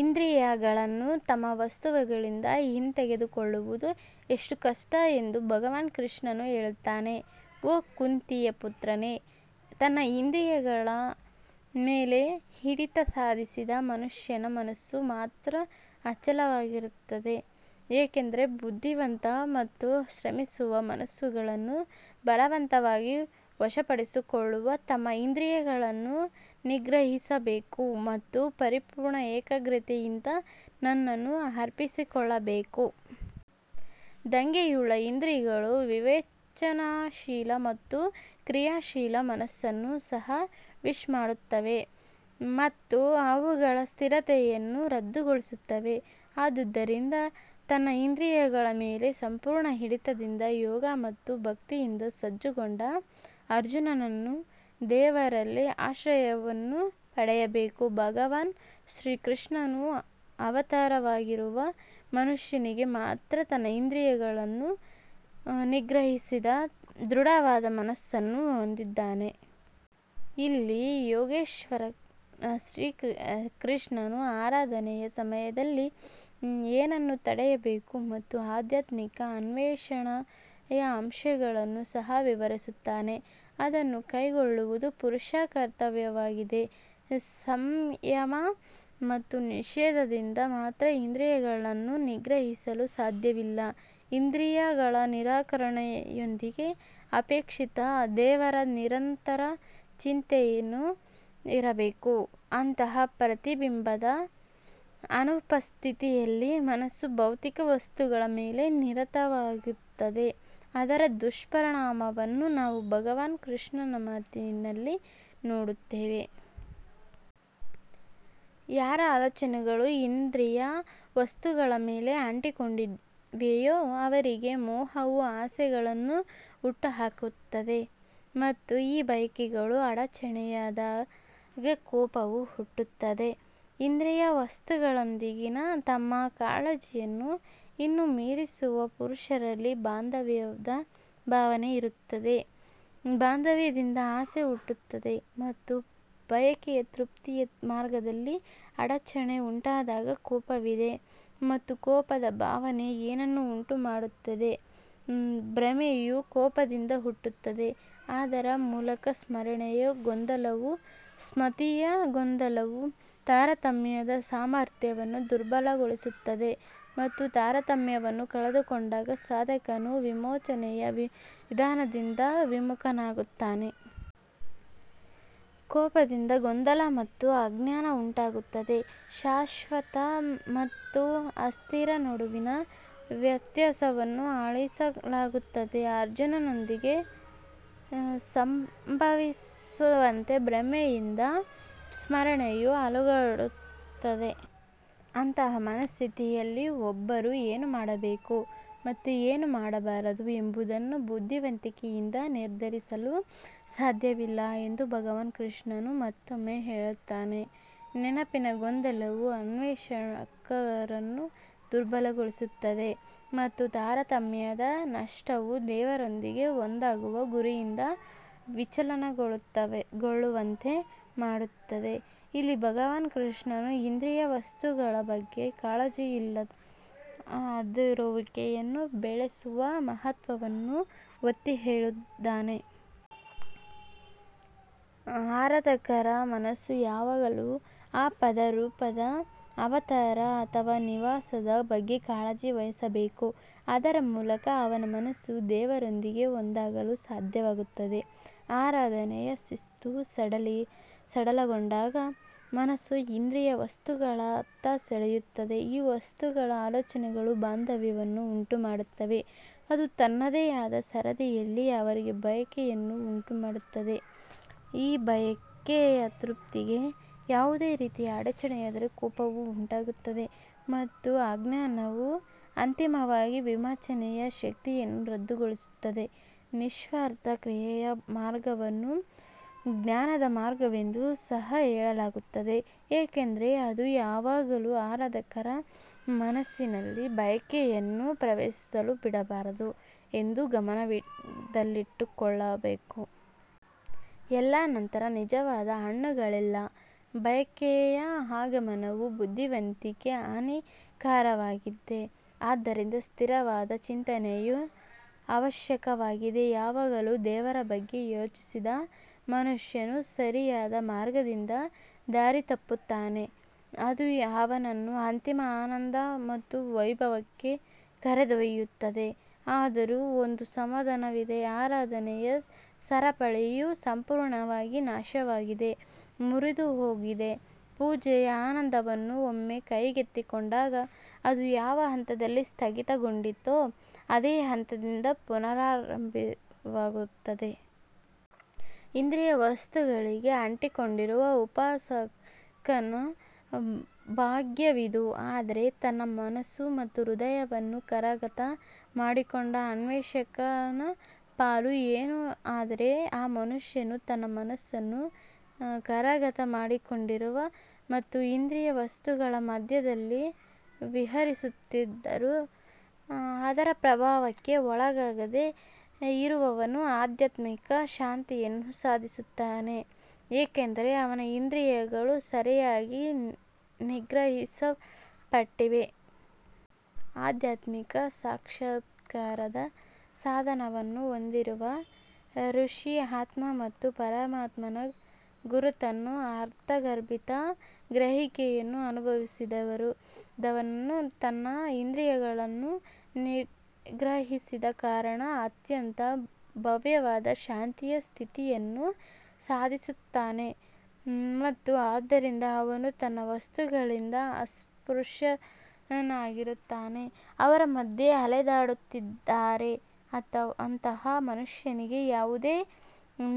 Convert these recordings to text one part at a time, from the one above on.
ಇಂದ್ರಿಯಗಳನ್ನು ತಮ್ಮ ವಸ್ತುಗಳಿಂದ ಹಿಂತೆಗೆದುಕೊಳ್ಳುವುದು ಎಷ್ಟು ಕಷ್ಟ ಎಂದು ಭಗವಾನ್ ಕೃಷ್ಣನು ಹೇಳುತ್ತಾನೆ ಓ ಕುಂತಿಯ ಪುತ್ರನೇ, ತನ್ನ ಇಂದ್ರಿಯಗಳ ಮೇಲೆ ಹಿಡಿತ ಸಾಧಿಸಿದ ಮನುಷ್ಯನ ಮನಸ್ಸು ಮಾತ್ರ ಅಚಲವಾಗಿರುತ್ತದೆ ಏಕೆಂದರೆ ಬುದ್ಧಿವಂತ ಮತ್ತು ಶ್ರಮಿಸುವ ಮನಸ್ಸುಗಳನ್ನು ಬಲವಂತವಾಗಿ ವಶಪಡಿಸಿಕೊಳ್ಳುವ ತಮ್ಮ ಇಂದ್ರಿಯಗಳನ್ನು ನಿಗ್ರಹಿಸಬೇಕು ಮತ್ತು ಪರಿಪೂರ್ಣ ಏಕಾಗ್ರತೆಯಿಂದ ನನ್ನನ್ನು ಅರ್ಪಿಸಿಕೊಳ್ಳಬೇಕು. ದಂಗೆಯುಳ್ಳ ಇಂದ್ರಿಯಗಳು ವಿವೇಚನಾಶೀಲ ಮತ್ತು ಕ್ರಿಯಾಶೀಲ ಮನಸ್ಸನ್ನು ಸಹ ವಿಶ್ ಮಾಡುತ್ತವೆ ಮತ್ತು ಅವುಗಳ ಸ್ಥಿರತೆಯನ್ನು ರದ್ದುಗೊಳಿಸುತ್ತವೆ ಆದುದರಿಂದ ತನ್ನ ಇಂದ್ರಿಯಗಳ ಮೇಲೆ ಸಂಪೂರ್ಣ ಹಿಡಿತದಿಂದ ಯೋಗ ಮತ್ತು ಭಕ್ತಿಯಿಂದ ಸಜ್ಜುಗೊಂಡ ಅರ್ಜುನನು ದೇವರಲ್ಲಿ ಆಶ್ರಯವನ್ನು ಪಡೆಯಬೇಕು, ಭಗವಾನ್ ಶ್ರೀಕೃಷ್ಣನು ಅವತಾರವಾಗಿರುವ ಮನುಷ್ಯನಿಗೆ ಮಾತ್ರ ತನ್ನ ಇಂದ್ರಿಯಗಳನ್ನು ನಿಗ್ರಹಿಸಿದ ದೃಢವಾದ ಮನಸ್ಸನ್ನು ಹೊಂದಿದ್ದಾನೆ. ಇಲ್ಲಿ ಯೋಗೇಶ್ವರ ಕೃಷ್ಣನು ಆರಾಧನೆಯ ಸಮಯದಲ್ಲಿ ಏನನ್ನು ತಡೆಯಬೇಕು ಮತ್ತು ಆಧ್ಯಾತ್ಮಿಕ ಅನ್ವೇಷಣೆಯ ಅಂಶಗಳನ್ನು ಸಹ ವಿವರಿಸುತ್ತಾನೆ ಅದನ್ನು ಕೈಗೊಳ್ಳುವುದು ಪುರುಷರ ಕರ್ತವ್ಯವಾಗಿದೆ. ಸಂಯಮ ಮತ್ತು ನಿಷೇಧದಿಂದ ಮಾತ್ರ ಇಂದ್ರಿಯಗಳನ್ನು ನಿಗ್ರಹಿಸಲು ಸಾಧ್ಯವಿಲ್ಲ ಇಂದ್ರಿಯಗಳ ನಿರಾಕರಣೆಯೊಂದಿಗೆ ಅಪೇಕ್ಷಿತ ದೇವರ ನಿರಂತರ ಚಿಂತನೆಯೂ ಇರಬೇಕು ಅಂತಹ ಪ್ರತಿಬಿಂಬದ ಅನುಪಸ್ಥಿತಿಯಲ್ಲಿ ಮನಸ್ಸು ಭೌತಿಕ ವಸ್ತುಗಳ ಮೇಲೆ ನಿರತವಾಗುತ್ತದೆ ಅದರ ದುಷ್ಪರಿಣಾಮವನ್ನು ನಾವು ಭಗವಾನ್ ಕೃಷ್ಣನ ಮಾತಿನಲ್ಲಿ ನೋಡುತ್ತೇವೆ. ಯಾರ ಆಲೋಚನೆಗಳು ಇಂದ್ರಿಯ ವಸ್ತುಗಳ ಮೇಲೆ ಅಂಟಿಕೊಂಡಿವೆಯೋ ಅವರಿಗೆ ಮೋಹವು ಆಸೆಗಳನ್ನು ಹುಟ್ಟುಹಾಕುತ್ತದೆ ಮತ್ತು ಈ ಬಯಕೆಗಳು ಅಡಚಣೆಯಾದಾಗ ಕೋಪವು ಹುಟ್ಟುತ್ತದೆ. ಇಂದ್ರಿಯ ವಸ್ತುಗಳೊಂದಿಗಿನ ತಮ್ಮ ಕಾಳಜಿಯನ್ನು ಇನ್ನೂ ಮೀರಿಸಿರುವ ಪುರುಷರಲ್ಲಿ ಬಾಂಧವ್ಯದ ಭಾವನೆ ಇರುತ್ತದೆ ಬಾಂಧವ್ಯದಿಂದ ಆಸೆ ಹುಟ್ಟುತ್ತದೆ ಮತ್ತು ಬಯಕೆಯ ತೃಪ್ತಿಯ ಮಾರ್ಗದಲ್ಲಿ ಅಡಚಣೆ ಉಂಟಾದಾಗ ಕೋಪವಿದೆ ಮತ್ತು ಕೋಪದ ಭಾವನೆ ಏನನ್ನು ಉಂಟುಮಾಡುತ್ತದೆ ಭ್ರಮೆಯು ಕೋಪದಿಂದ ಹುಟ್ಟುತ್ತದೆ, ಅದರ ಮೂಲಕ ಸ್ಮರಣೆಯ ಗೊಂದಲವು ಸ್ಮೃತಿಯ ಗೊಂದಲವು ತಾರತಮ್ಯದ ಸಾಮರ್ಥ್ಯವನ್ನು ದುರ್ಬಲಗೊಳಿಸುತ್ತದೆ ಮತ್ತು ತಾರತಮ್ಯವನ್ನು ಕಳೆದುಕೊಂಡಾಗ ಸಾಧಕನು ವಿಮೋಚನೆಯ ವಿಧಾನದಿಂದ ವಿಮುಖನಾಗುತ್ತಾನೆ. ಕೋಪದಿಂದ ಗೊಂದಲ ಮತ್ತು ಅಜ್ಞಾನ ಉಂಟಾಗುತ್ತದೆ ಶಾಶ್ವತ ಮತ್ತು ಅಸ್ಥಿರ ನಡುವಿನ ವ್ಯತ್ಯಾಸವನ್ನು ಅಳಿಸಿಹಾಕಲಾಗುತ್ತದೆ ಅರ್ಜುನನೊಂದಿಗೆ ಸಂಭವಿಸುವಂತೆ ಭ್ರಮೆಯಿಂದ ಸ್ಮರಣೆಯು ಅಲುಗಾಡುತ್ತದೆ ಅಂತಹ ಮನಸ್ಥಿತಿಯಲ್ಲಿ ಒಬ್ಬರು ಏನು ಮಾಡಬೇಕು ಮತ್ತು ಏನು ಮಾಡಬಾರದು ಎಂಬುದನ್ನು ಬುದ್ಧಿವಂತಿಕೆಯಿಂದ ನಿರ್ಧರಿಸಲು ಸಾಧ್ಯವಿಲ್ಲ ಎಂದು ಭಗವಾನ್ ಕೃಷ್ಣನು ಮತ್ತೊಮ್ಮೆ ಹೇಳುತ್ತಾನೆ ನೆನಪಿನ ಗೊಂದಲವು ಅನ್ವೇಷಕರನ್ನು ದುರ್ಬಲಗೊಳಿಸುತ್ತದೆ ಮತ್ತು ತಾರತಮ್ಯದ ನಷ್ಟವು ದೇವರೊಂದಿಗೆ ಒಂದಾಗುವ ಗುರಿಯಿಂದ ವಿಚಲನಗೊಳ್ಳುವಂತೆ ಮಾಡುತ್ತದೆ ಇಲ್ಲಿ ಭಗವಾನ್ ಕೃಷ್ಣನು ಇಂದ್ರಿಯ ವಸ್ತುಗಳ ಬಗ್ಗೆ ಕಾಳಜಿಯಿಲ್ಲದಿರುವಿಕೆಯನ್ನು ಬೆಳೆಸುವ ಮಹತ್ವವನ್ನು ಒತ್ತಿಹೇಳಿದ್ದಾನೆ. ಆರಾಧಕರ ಮನಸ್ಸು ಯಾವಾಗಲೂ ಆ ಪದ ರೂಪದ ಅವತಾರ ಅಥವಾ ನಿವಾಸದ ಬಗ್ಗೆ ಕಾಳಜಿ ವಹಿಸಬೇಕು, ಅದರ ಮೂಲಕ ಅವನ ಮನಸ್ಸು ದೇವರೊಂದಿಗೆ ಒಂದಾಗಲು ಸಾಧ್ಯವಾಗುತ್ತದೆ. ಆರಾಧನೆಯ ಶಿಸ್ತು ಸಡಿಲಗೊಂಡಾಗ ಮನಸ್ಸು ಇಂದ್ರಿಯ ವಸ್ತುಗಳತ್ತ ಸೆಳೆಯುತ್ತದೆ ಈ ವಸ್ತುಗಳ ಆಲೋಚನೆಗಳು ಬಾಂಧವ್ಯವನ್ನು ಉಂಟುಮಾಡುತ್ತವೆ, ಅದು ತನ್ನದೇ ಆದ ಸರದಿಯಲ್ಲಿ ಅವರಿಗೆ ಬಯಕೆಯನ್ನು ಉಂಟುಮಾಡುತ್ತದೆ ಈ ಬಯಕೆಯ ತೃಪ್ತಿಗೆ ಯಾವುದೇ ರೀತಿಯಲ್ಲಿ ಅಡಚಣೆಯಾದರೆ ಕೋಪವು ಉಂಟಾಗುತ್ತದೆ ಮತ್ತು ಅಜ್ಞಾನವು ಅಂತಿಮವಾಗಿ ವಿವೇಚನೆಯ ಶಕ್ತಿಯನ್ನು ರದ್ದುಗೊಳಿಸುತ್ತದೆ ನಿಸ್ವಾರ್ಥ ಕ್ರಿಯೆಯ ಮಾರ್ಗವನ್ನು ಜ್ಞಾನದ ಮಾರ್ಗವೆಂದು ಸಹ ಹೇಳಲಾಗುತ್ತದೆ ಏಕೆಂದರೆ ಅದು ಯಾವಾಗಲೂ ಆರಾಧಕರ ಮನಸ್ಸಿನಲ್ಲಿ ಬಯಕೆಯನ್ನು ಪ್ರವೇಶಿಸಲು ಬಿಡಬಾರದು ಎಂದು ಗಮನದಲ್ಲಿಟ್ಟುಕೊಳ್ಳಬೇಕು. ಎಲ್ಲಾ ನಂತರ ನಿಜವಾದ ಹಣ್ಣುಗಳಿಲ್ಲ ಬಯಕೆಯ ಆಗಮನವು ಬುದ್ಧಿವಂತಿಕೆಗೆ ಹಾನಿಕಾರಕವಾಗಿದೆ ಆದ್ದರಿಂದ ಸ್ಥಿರವಾದ ಚಿಂತನೆಯು ಅವಶ್ಯಕವಾಗಿದೆ ಯಾವಾಗಲೂ ದೇವರ ಬಗ್ಗೆ ಯೋಚಿಸದ ಮನುಷ್ಯನು ಸರಿಯಾದ ಮಾರ್ಗದಿಂದ ದಾರಿ ತಪ್ಪುತ್ತಾನೆ, ಅದು ಅವನನ್ನು ಅಂತಿಮ ಆನಂದ ಮತ್ತು ವೈಭವಕ್ಕೆ ಕರೆದೊಯ್ಯುತ್ತದೆ. ಆದರೂ ಒಂದು ಸಮಾಧಾನವಿದೆ ಆರಾಧನೆಯ ಸರಪಳಿಯು ಸಂಪೂರ್ಣವಾಗಿ ನಾಶವಾಗದೆ ಮುರಿದುಹೋಗಿದೆ ಪೂಜೆಯ ಆನಂದವನ್ನು ಒಮ್ಮೆ ಕೈಗೆತ್ತಿಕೊಂಡಾಗ ಅದು ಯಾವ ಹಂತದಲ್ಲಿ ಸ್ಥಗಿತಗೊಂಡಿತೋ ಅದೇ ಹಂತದಿಂದ ಪುನರಾರಂಭವಾಗುತ್ತದೆ. ಇಂದ್ರಿಯ ವಸ್ತುಗಳಿಗೆ ಅಂಟಿಕೊಂಡಿರುವ ಉಪಾಸಕನ ಭಾಗ್ಯವಿದು ಆದರೆ ತನ್ನ ಮನಸ್ಸು ಮತ್ತು ಹೃದಯವನ್ನು ಕರಗತ ಮಾಡಿಕೊಂಡ ಅನ್ವೇಷಕನ ಪಾಲು ಏನು ಆದರೆ ಆ ಮನುಷ್ಯನು ತನ್ನ ಮನಸ್ಸನ್ನು ಕರಗತ ಮಾಡಿಕೊಂಡಿರುವ ಮತ್ತು ಇಂದ್ರಿಯ ವಸ್ತುಗಳ ಮಧ್ಯದಲ್ಲಿ ವಿಹರಿಸುತ್ತಿದ್ದರೂ ಅದರ ಪ್ರಭಾವಕ್ಕೆ ಒಳಗಾಗದೇ ಇರುವವನು ಆಧ್ಯಾತ್ಮಿಕ ಶಾಂತಿಯನ್ನು ಸಾಧಿಸುತ್ತಾನೆ ಏಕೆಂದರೆ ಅವನ ಇಂದ್ರಿಯಗಳು ಸರಿಯಾಗಿ ನಿಗ್ರಹಿಸಲ್ಪಟ್ಟಿವೆ. ಆಧ್ಯಾತ್ಮಿಕ ಸಾಕ್ಷಾತ್ಕಾರದ ಸಾಧನವನ್ನು ಹೊಂದಿರುವ ಋಷಿ ಆತ್ಮ ಮತ್ತು ಪರಮಾತ್ಮನ ಗುರುತನ್ನು ಅರ್ಥಗರ್ಭಿತ ಗ್ರಹಿಕೆಯನ್ನು ಅನುಭವಿಸಿದವನು ತನ್ನ ಇಂದ್ರಿಯಗಳನ್ನು ನಿಗ್ರಹಿಸಿದ ಕಾರಣ ಅತ್ಯಂತ ಭವ್ಯವಾದ ಶಾಂತಿಯ ಸ್ಥಿತಿಯನ್ನು ಸಾಧಿಸುತ್ತಾನೆ ಮತ್ತು ಆದ್ದರಿಂದ ಅವನು ತನ್ನ ವಸ್ತುಗಳಿಂದ ಅಸ್ಪೃಶ್ಯನಾಗಿರುತ್ತಾನೆ. ಅವರ ಮಧ್ಯೆ ಅಲೆದಾಡುತ್ತಿದ್ದಾರೆ ಅಂತಹ ಮನುಷ್ಯನಿಗೆ ಯಾವುದೇ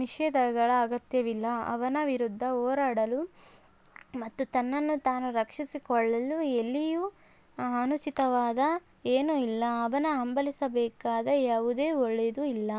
ನಿಷೇಧಗಳ ಅಗತ್ಯವಿಲ್ಲ ಅವನ ವಿರುದ್ಧ ಹೋರಾಡಲು ಮತ್ತು ತನ್ನನ್ನು ತಾನು ರಕ್ಷಿಸಿಕೊಳ್ಳಲು ಎಲ್ಲಿಯೂ ಅನುಚಿತವಾದ ಏನೂ ಇಲ್ಲ ಅವನು ಹಂಬಲಿಸಬೇಕಾದ ಯಾವುದೇ ಒಳ್ಳೆಯದೂ ಇಲ್ಲ.